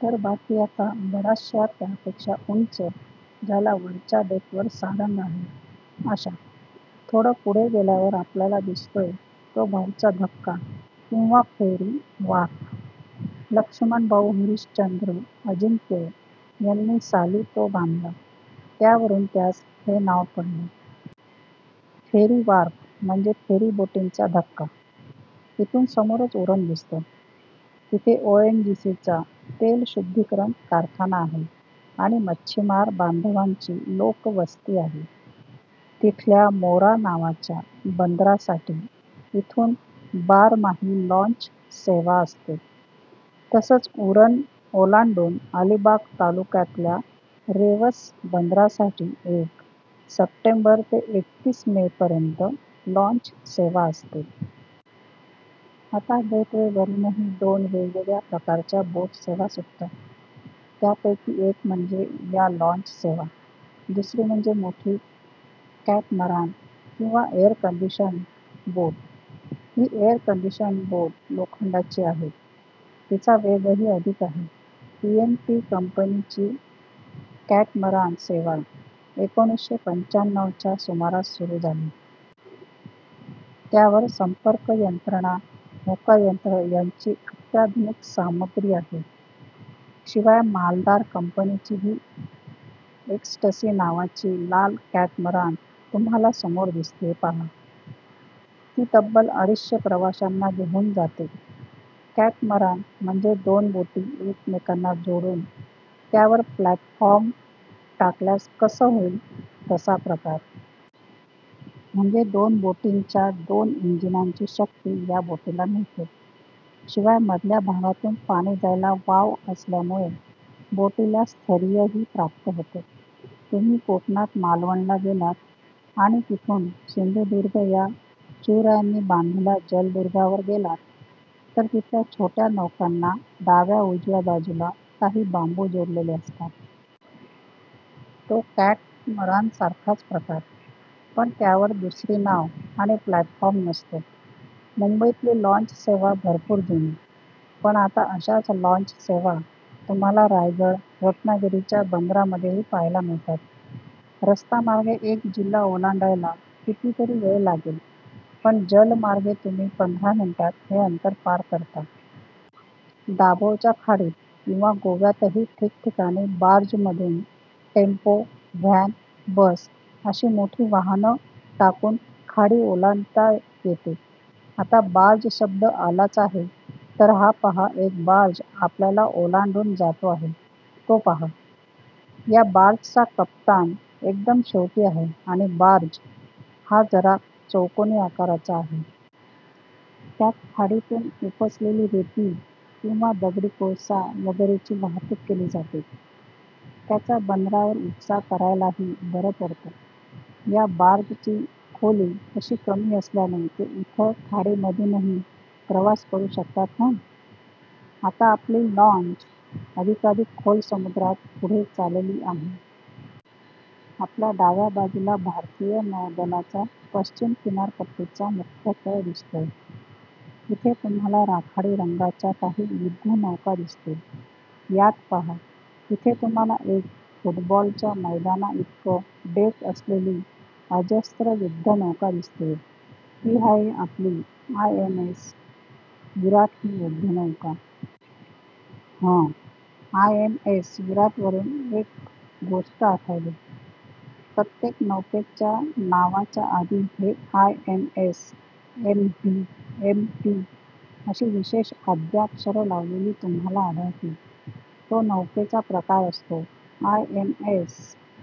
तर बाकी आता बऱ्याचशा त्यापेक्षा उंच, ज्याला वरच्या डेकवर सारंग आहे, अशा. थोडं पुढे गेल्यावर आपल्याला दिसतोय तो भाऊचा धक्का किंवा फेरी व्हार्फ. लक्ष्मणभाऊ हरिश्चंद्र अजिंक्य यांनी साली तो बांधला, त्यावरून त्यास हे नाव पडलं. फेरीव्हार्फ म्हणजे फेरीबोटींचा धक्का. इथून समोरच उरण दिसतं. तिथे ओएनजीसीचा तेलशुद्धीकरण कारखाना आहे आणि मच्छिमार बांधवांची लोकवस्ती आहे. तिथल्या मोरा नावाच्या बंदरासाठी इथून बारमाही लाँचसेवा असते. तसंच उरण ओलांडून अलिबाग तालुक्यातल्या रेवस बंदरासाठी एक सप्टेंबर ते एकतीस मेपर्यंत लाँचसेवा असते. आता गेटवेवरूनही दोन वेगवेगळ्या प्रकारच्या बोटसेवा सुटतात. त्यापैकी एक म्हणजे या लाँचसेवा. दुसरी म्हणजे मोठी कॅटमरान किंवा एअरकंडिशन्ड बोट. ही एअरकंडिशन्ड बोट लोखंडाची आहे, तिचा वेगही अधिक आहे. पीएनपी कंपनीची कॅटमरान सेवा एकोणीसशे पंचाण्णवच्या सुमारास सुरू झाली. त्यावर संपर्कयंत्रणा, होकायंत्र यांची अत्याधुनिक सामग्री आहे. शिवाय मालदार कंपनीचीही एक्स्टसी नावाची लाल कॅटमरान तुम्हाला समोर दिसतेय पहा. ही तब्बल अडीचशे प्रवाशांना घेऊन जाते. कॅटमरान म्हणजे दोन बोटी एकमेकांना जोडून त्यावर प्लॅटफॉर्म टाकल्यास कसं होईल, तसा प्रकार. म्हणजे दोन बोटींच्या दोन इंजिनांची शक्ती या बोटीला मिळते, शिवाय मधल्या भागातून पाणी जायला वाव असल्यामुळे बोटीला स्थैर्यही प्राप्त होतं. तुम्ही कोकणात मालवणला गेलात आणि तिथून सिंधुदुर्ग या शिवरायांनी बांधलेल्या जलदुर्गावर गेलात, तर तिथल्या छोट्या नौकांना डाव्या-उजव्या बाजूला काही बांबू जोडलेले असतात. तो कॅटमरानसारखाच प्रकार, पण त्यावर दुसरी नाव आणि प्लॅटफॉर्म नसतो. मुंबईतली लाँचसेवा भरपूर जुनी. पण आता अशाच लाँचसेवा तुम्हाला रायगड, रत्नागिरीच्या बंदरांमध्येही पाहायला मिळतात. रस्तामार्गे एक जिल्हा ओलांडायला कितीतरी वेळ लागेल, पण जलमार्गे तुम्ही पंधरा मिनिटांत हे अंतर पार करता. दाभोळच्या खाडीत किंवा गोव्यातही ठिकठिकाणी बार्जमधून टेम्पो, व्हॅन, बस अशी मोठी वाहनं टाकून खाडी ओलांडता येते. आता बार्ज शब्द आलाच आहे, तर हा पहा एक बार्ज आपल्याला ओलांडून जातो आहे, तो पहा. या बार्जचा कप्तान एकदम शेवटी आहे आणि बार्ज हा जरा चौकोनी आकाराचा आहे. त्यात खाडीतून उपसलेली रेती किंवा दगडी कोळसा वगैरेची वाहतूक केली जाते. त्याचा बंदरावर उपसा करायलाही बरं पडतं. या बार्जची खोली तशी कमी असल्याने ते उथळ खाडीमधूनही प्रवास करू शकतात. हं, आता आपली लाँच अधिकाधिक खोल समुद्रात पुढे चालली आहे. आपल्या डाव्या बाजूला भारतीय नौदलाचा पश्चिम किनारपट्टीचा मुख्य तळ दिसतोय. इथे तुम्हाला राखाडी रंगाच्या काही युद्धनौका दिसतील. यात पहा, इथे तुम्हाला एक फुटबॉलच्या मैदानाइतकं डेक असलेली अजस्त्र युद्धनौका दिसतेय. ती आहे आपली आयएनएस विराट ही युद्धनौका. हं, आयएनएस विराटवरून एक गोष्ट आठवली. प्रत्येक नौकेच्या नावाच्या आधी हे आयएनएस, एमव्ही, एमटी अशी विशेष आद्याक्षरं लावलेली तुम्हाला आढळतील. तो नौकेचा प्रकार असतो. आयएनएस